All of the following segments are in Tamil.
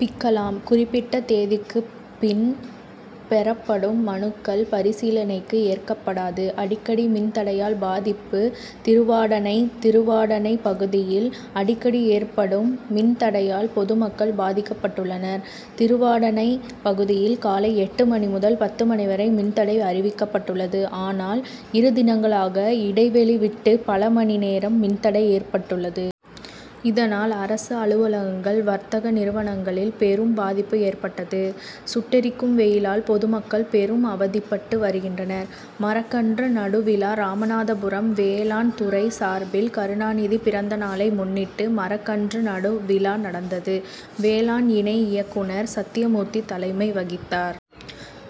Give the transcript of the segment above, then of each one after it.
பிக்கலாம். குறிப்பிட்ட தேதிக்கு பின் பெறப்படும் மனுக்கள் பரிசீலணைக்கு ஏற்கப்படாது. அடிக்கடி மின்தடையால் பாதிப்பு திருவாடனை: திருவாடனை பகுதியில் அடிக்கடி ஏற்படும் மின்தடையால் பொதுமக்கள் பாதிக்கபட்டுள்ளனர். திருவாடனை பகுதியில் காலை எட்டு மணி முதல் பத்து மணி வரை மின்தடை அறிவிக்கபட்டுள்ளது. ஆனால் இரு தினங்களாக இடைவெளி விட்டு பல மணி நேரம் மின்தடை ஏற்பட்டுள்ளது. இதனால் அரசு அலுவலகங்கள், வர்த்தக நிறுவனங்களில் பெரும் பாதிப்பு ஏற்பட்டது. சுட்டெரிக்கு வெயிலால் பொதுமக்கள் பெரும் அவதிபட்டு வருகின்றனர். மரக்கன்று நடும்விழா ராமநாதபுரம்: வேளாண் துறை சார்பில் கருணாநிதி பிறந்த நாளை முன்னிட்டு மரக்கன்று நடும் விழா நடந்தது. வேளாண் இணை இயக்குனர் சத்தியமூர்த்தி தலைமை வகித்தார்.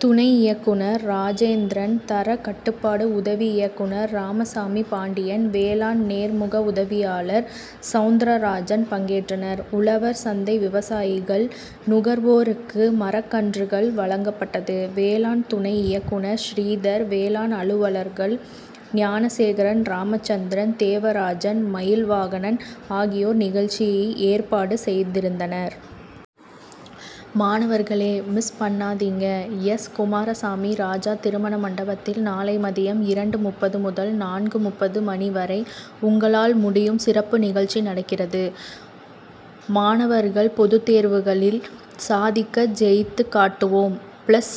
துணை இயக்குனர் ராஜேந்திரன் தரக் கட்டுபாடு உதவி இயக்குனர் ராமசாமி பாண்டியன், வேளாண் நேர்முக உதவியாளர் சவுந்தராஜன் பங்கேற்றனர். உழவர் சந்தை விவசாயிகள், நுகர் வோருக்கும் மரக்கன்றுகள் வழங்கப்பட்டது. வேளாண் துணை இயக்குனர் ஸ்ரீதர், வேளாண் அலுவலர்கள் ஞானசேகரன், ராமசந்திரன், தேவராஜன், மயில்வாகனன் ஆகியோர் நிகழ்ச்சி ஏற்பாடு செய்திருந்தனர். மாணவர்களே மிஸ் பண்ணாதீங்க! எஸ். குமாரசாமி ராஜா திருமண மண்டபத்தில் நாளை மதியம் இரண்டு.முப்பது முதல் நான்கு.முப்பது மணி வரை உங்களால் முடியும் சிறப்பு நிகழ்ச்சி நடக்கிறது. மாணவர்கள் பொதுதேர்வுகளில் சாதிக்க ஜெயித்து காட்டுவோம்,'பிளஸ்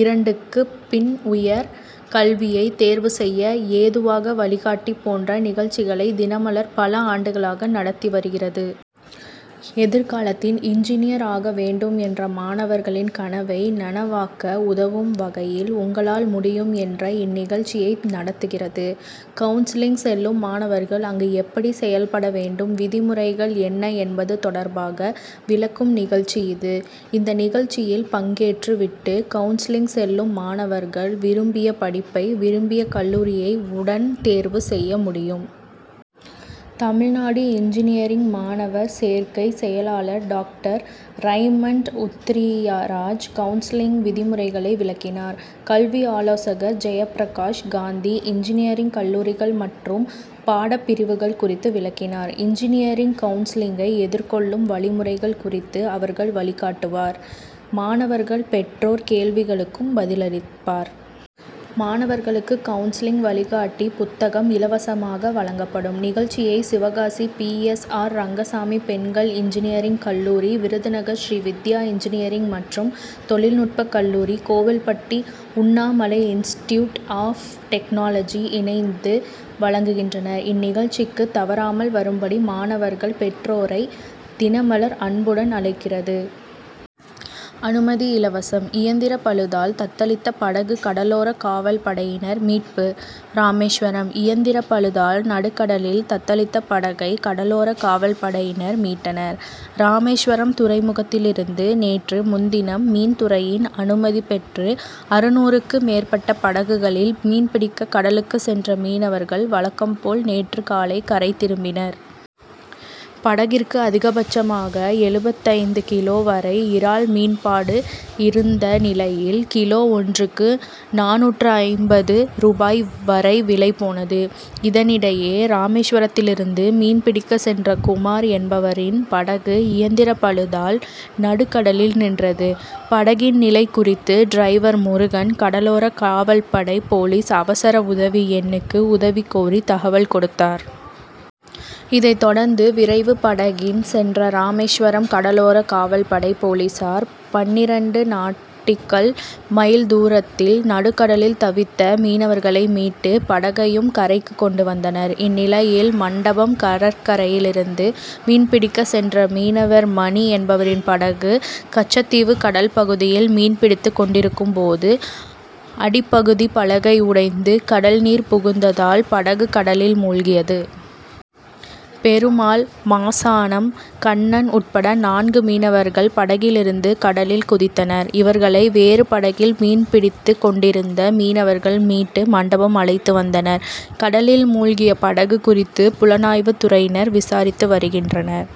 இரண்டுக்கு பின் உயர் கல்வியை தேர்வு செய்ய ஏதுவாக வழிகாட்டி போன்ற நிகழ்ச்சிகளை தினமலர் பல ஆண்டுகளாக நடத்தி வருகிறது. எதிர்காலத்தில் இன்ஜினியர் ஆக வேண்டும் என்ற மாணவர்களின் கனவை நனவாக்க உதவும் வகையில் உங்களால் முடியும்' என்ற இந்நிகழ்ச்சியை நடத்துகிறது. கவுன்சிலிங் செல்லும் மாணவர்கள் அங்கு எப்படி செயல்பட வேண்டும், விதிமுறைகள் என்ன என்பது தொடர்பாக விளக்கும் நிகழ்ச்சி இது. இந்த நிகழ்ச்சியில் பங்கேற்று விட்டு கவுன்சிலிங் செல்லும் மாணவர்கள் விரும்பிய படிப்பை, விரும்பிய கல்லூரியை உடன் தேர்வு செய்ய முடியும். தமிழ்நாடு இன்ஜினியரிங் மாணவர் சேர்க்கை செயலாளர் டாக்டர் றைமண்ட் உத்திரியராஜ் கவுன்சிலிங் விதிமுறைகளை விளக்குகிறார். கல்வி ஆலோசகர் ஜெயப்பிரகாஷ் காந்தி இன்ஜினியரிங் கல்லூரிகள் மற்றும் பாடப்பிரிவுகள் குறித்து விளக்குகிறார். இன்ஜினியரிங் கவுன்சிலிங்கை எதிர்கொள்ளும் வழிமுறைகள் குறித்து அவர்கள் வழிகாட்டுவர். மாணவர்கள், பெற் றோர் கேள்விகளுக்கும் பதிலளிப்பர். மாணவர்களுக்கு கவுன்சிலிங் வழிகாட்டி புத்தகம் இலவசமாக வழங்கப் படும். நிகழ்ச்சியை Sivakasi P. S. R. Rengasamy பெண்கள் இன்ஜினியரிங் கல்லூரி, விருதுநகர் ஸ்ரீ வித்யா இன்ஜினியரிங் மற்றும் தொழில் நுட்ப கல்லூரி, Kovilpatti Unnamalai institute of technology இணைந்து வழங்குகின்றன. இந்நிகழ்ச்சிக்கு தவறாமல் வரும்படி மாணவர்கள், பெற்றோரை தினமலர் அன்புடன் அழைக் கிறது. அனுமதி இலவசம். இயந்திர பழுதால் தத்தளித்த படகு கடலோர காவல்படையினர் மீட்பு ராமேஸ்வரம்: இயந்திர பழுதால் நடுக்கடலில் தத்தளித்த படகை கடலோர காவல்படையினர் மீட்டனர். ராமேஸ்வரம் துறைமுகத்திலிருந்து நேற்று முன்தினம் மீன்துறையின் அனுமதி பெற்று அறுநூறுக்கு மேற்பட்ட படகுகளில் மீன்பிடிக்க கடலுக்கு சென்ற மீனவர்கள், வழக்கம் போல் நேற்று காலை கரை திரும்பினர். படகிற்கு அதிகபட்சமாக எழுபத்தைந்து கிலோ வரை இறால் மீன்பாடு இருந்த நிலையில் கிலோ ஒன்றுக்கு நானூற்று ஐம்பது ரூபாய் வரை விலை போனது. இதனிடையே, ராமேஸ்வரத்திலிருந்து மீன்பிடிக்க சென்ற குமார் என்பவரின் படகு இயந்திர பழுதால் நடுக்கடலில் நின்றது. படகின் நிலை குறித்து டிரைவர் முருகன், கடலோர காவல்படை போலீஸ் அவசர உதவி எண் க்கு உதவி கோரி தகவல் கொடுத்தார். இதை தொடர்ந்து விரைவு படகில் சென்ற ராமேஸ்வரம் கடலோர காவல்படை போலீசார், பன்னிரண்டு நாட்டிகல் மைல் தூரத்தில் நடுக்கடலில் தவித்த மீனவர்களை மீட்டு படகையும் கரைக்கு கொண்டு வந்தனர். இந்நிலையில், மண்டபம் கடற்கரையிலிருந்து மீன்பிடிக்க சென்ற மீனவர் மணி என்பவரின் படகு கச்சத்தீவு கடல் பகுதியில் மீன்பிடித்து கொண்டிருக்கும்போது, அடிப்பகுதி பலகை உடைந்து கடல் நீர் புகுந்ததால், படகு கடலில் மூழ்கியது. பெருமாள், மாசானம், கண்ணன் உட்பட நான்கு மீனவர்கள் படகிலிருந்து கடலில் குதித்தனர். இவர்களை வேறு படகில் மீன்பிடித்து கொண்டிருந்த மீனவர்கள் மீட்டு மண்டபம் அழைத்து வந்தனர். கடலில் மூழ்கிய படகு குறித்து புலனாய்வு துறையினர் விசாரித்து வருகின்றனர்.